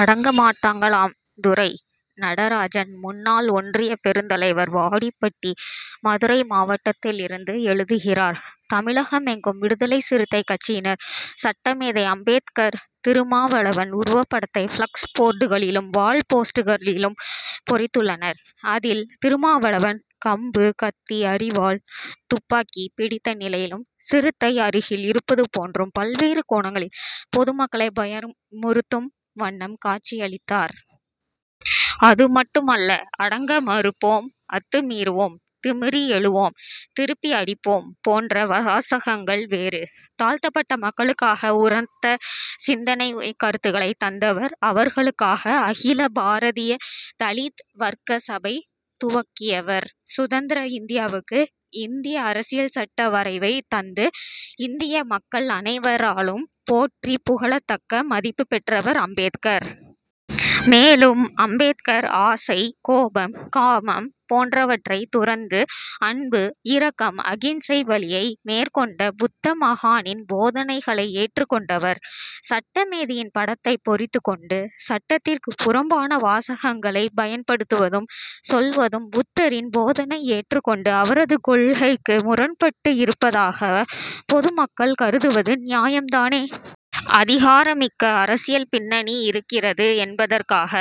அடங்க மாட்டாங்களாம்! துரை. நடராஜன் முன்னாள் ஒன்றிய பெருந்தலைவர் வாடிப்பட்டி மதுரை மாவட்டத்திலிருந்து எழுதுகிறார் தமிழகமெங்கும் விடுதலை சிறுத்தை கட்சியினர் சட்டமேதை அம்பேத்கர் திருமாவளவன் உருவப்படத்தை பிளக்ஸ் போர்டுகளிலும் வால் போஸ்டர்களிலும் பொறித்துள்ளனர். அதில் திருமாவளவன் கம்பு கத்தி அரிவாள் துப்பாக்கி பிடித்த நிலையிலும் சிறுத்தை அருகில் இருப்பது போன்றும் பல்வேறு கோணங்களில் பொதுமக்களை பயமுறுத்தும் வண்ணம் காட்சியளித்தார். அதுமட்டுமல்ல அடங்க மறுப்போம் அத்து மீறுவோம் திமிறி எழுவோம் திருப்பி அடிப்போம் போன்ற வாசகங்கள் வேறு. தாழ்த்தப்பட்ட மக்களுக்காக உரத்த சிந்தனைக் கருத்துக்களை தந்தவர் அவர்களுக்காக அகில பாரதிய தலீத் வர்க்க சபை துவக்கியவர் சுதந்திர இந்தியாவுக்கு இந்திய அரசியல் சட்ட வரைவைத் தந்து இந்திய மக்கள் அனைவராலும் போற்றி புகழத்தக்க மதிப்பு பெற்றவர் அம்பேத்கர். மேலும் அம்பேத்கர் ஆசை கோபம் காமம் போன்றவற்றை துறந்து அன்பு இரக்கம் அகிம்சை வழியை மேற்கொண்ட புத்த மகானின் போதனைகளை ஏற்றுக் கொண்டவர். சட்டமேதையின் படத்தை பொறித்துக் கொண்டு சட்டத்திற்கு புறம்பான வாசகங்களை பயன்படுத்துவதும் சொல்வதும் புத்தரின் போதனை ஏற்றுக் கொண்ட அவரது கொள்கைக்கு முரண்பட்டு இருப்பதாக பொதுமக்கள் கருதுவது நியாயம் தானே. அதிகாரமிக்க அரசியல் பின்னணி இருக்கிறது என்பதற்காக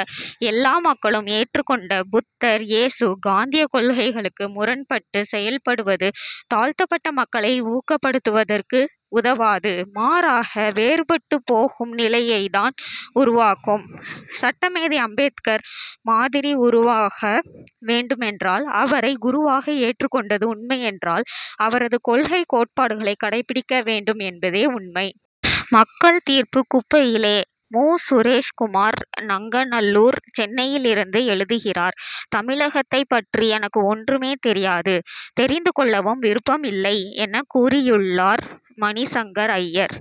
எல்லா மக்களும் ஏற்றுக் கொண்ட புத்தர் இயேசு காந்திய கொள்கைகளுக்கு முரண்பட்டு செயல்படுவது தாழ்த்தப்பட்ட மக்களை ஊக்கப்படுத்துவதற்கு உதவாது மாறாக வேறுபட்டு போகும் நிலையைத் தான் உருவாக்கும். சட்டமேதை அம்பேத்கர் மாதிரி உருவாக வேண்டுமென்றால் அவரை குருவாக ஏற்றுக் கொண்டது உண்மையென்றால் அவரது கொள்கை கோட்பாடுகளை கடைப்பிடிக்க வேண்டும் என்பதே உண்மை. மக்கள் தீர்ப்பு குப்பையிலே மு. சுரேஷ்குமார் நங்கநல்லூர் சென்னையிலிருந்து எழுதுகிறார் தமிழகத்தைப் பற்றி எனக்கு ஒன்றுமே தெரியாது தெரிந்து கொள்ளவும் விருப்பம் இல்லை என கூறியுள்ளார் மணிசங்கர் ஐயர்.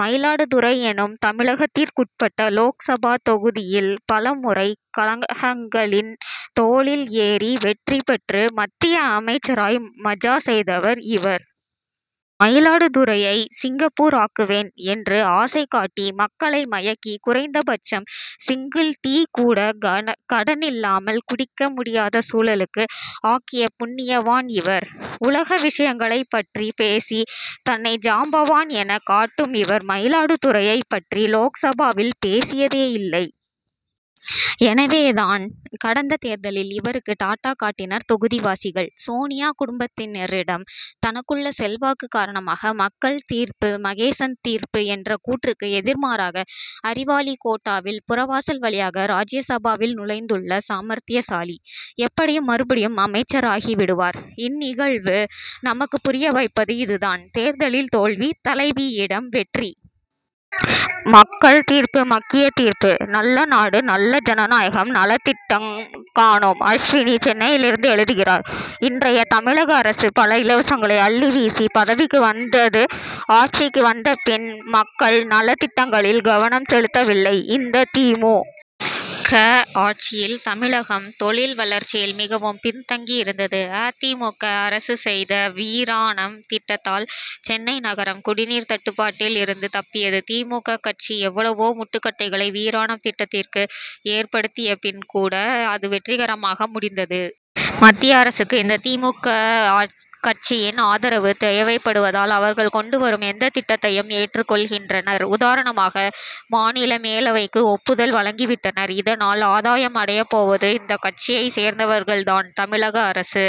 மயிலாடுதுறை எனும் தமிழகத்திற்குட்பட்ட லோக்சபா தொகுதியில் பலமுறை கழகங்களின் தோளில் ஏறி வெற்றி பெற்று மத்திய அமைச்சராய் மஜா செய்தவர் இவர். மயிலாடுதுறையை சிங்கப்பூர் ஆக்குவேன் என்று ஆசை காட்டி மக்களை மயக்கி குறைந்தபட்சம் சிங்கிள் டீ கூட கடனில்லாமல் குடிக்க முடியாத சூழலுக்கு ஆக்கிய புண்ணியவான் இவர். உலக விஷயங்களைப் பற்றி பேசி தன்னை ஜாம்பவான் எனக் காட்டும் இவர் மயிலாடுதுறையைப் பற்றி லோக்சபாவில் பேசியதே இல்லை. எனவே தான் கடந்த தேர்தலில் இவருக்கு டாட்டா காட்டினர் தொகுதிவாசிகள்! சோனியா குடும்பத்தினரிடம் தனக்குள்ள செல்வாக்கு காரணமாக மக்கள் தீர்ப்பு மகேசன் தீர்ப்பு என்ற கூற்றுக்கு எதிர்மாறாக அறிவாளி கோட்டாவில் புறவாசல் வழியாக ராஜ்ய சபாவில் நுழைந்துள்ள சாமர்த்தியசாலி. எப்படியும் மறுபடியும் அமைச்சராகி விடுவார். இந்நிகழ்வு நமக்குப் புரிய வைப்பது இதுதான் தேர்தலில் தோல்வி தலைவியிடம் வெற்றி! மக்கள் தீர்ப்பு மக்கிய தீர்ப்பு! நல்ல நாடு நல்ல ஜனநாயகம்! நலத்திட்டம் காணோம்! அஸ்வினி சென்னையிலிருந்து எழுதுகிறார் இன்றைய தமிழக அரசு பல இலவசங்களை அள்ளி வீசி பதவிக்கு வந்தது ஆட்சிக்கு வந்த பின் மக்கள் நலத் திட்டங்களில் கவனம் செலுத்தவில்லை. இந்த தி. மு. க. ஆட்சியில் தமிழகம் தொழில் வளர்ச்சியில் மிகவும் பின்தங்கியிருக்கிறது. அ. தி. மு. க. அரசு செய்த வீராணம் திட்டத்தால் சென்னை நகரம் குடிநீர் தட்டுப்பாட்டில் இருந்து தப்பியது. தி. மு. க. கட்சி எவ்வளவோ முட்டுக்கட்டைகளை வீராணம் திட்டத்திற்கு ஏற்படுத்திய பின் கூட அது வெற்றிகரமாக முடிந்தது. மத்திய அரசுக்கு இந்த தி. மு. க. கட்சியின் ஆதரவு தேவைப்படுவதால் அவர்கள் கொண்டு வரும் எந்தத் திட்டத்தையும் ஏற்றுக் கொள்கின்றனர். உதாரணமாக மாநில மேலவைக்கு ஒப்புதல் வழங்கி விட்டனர். இதனால் ஆதாயம் அடையப் போவது இந்தக் கட்சியைச் சேர்ந்தவர்கள் தான். தமிழக அரசு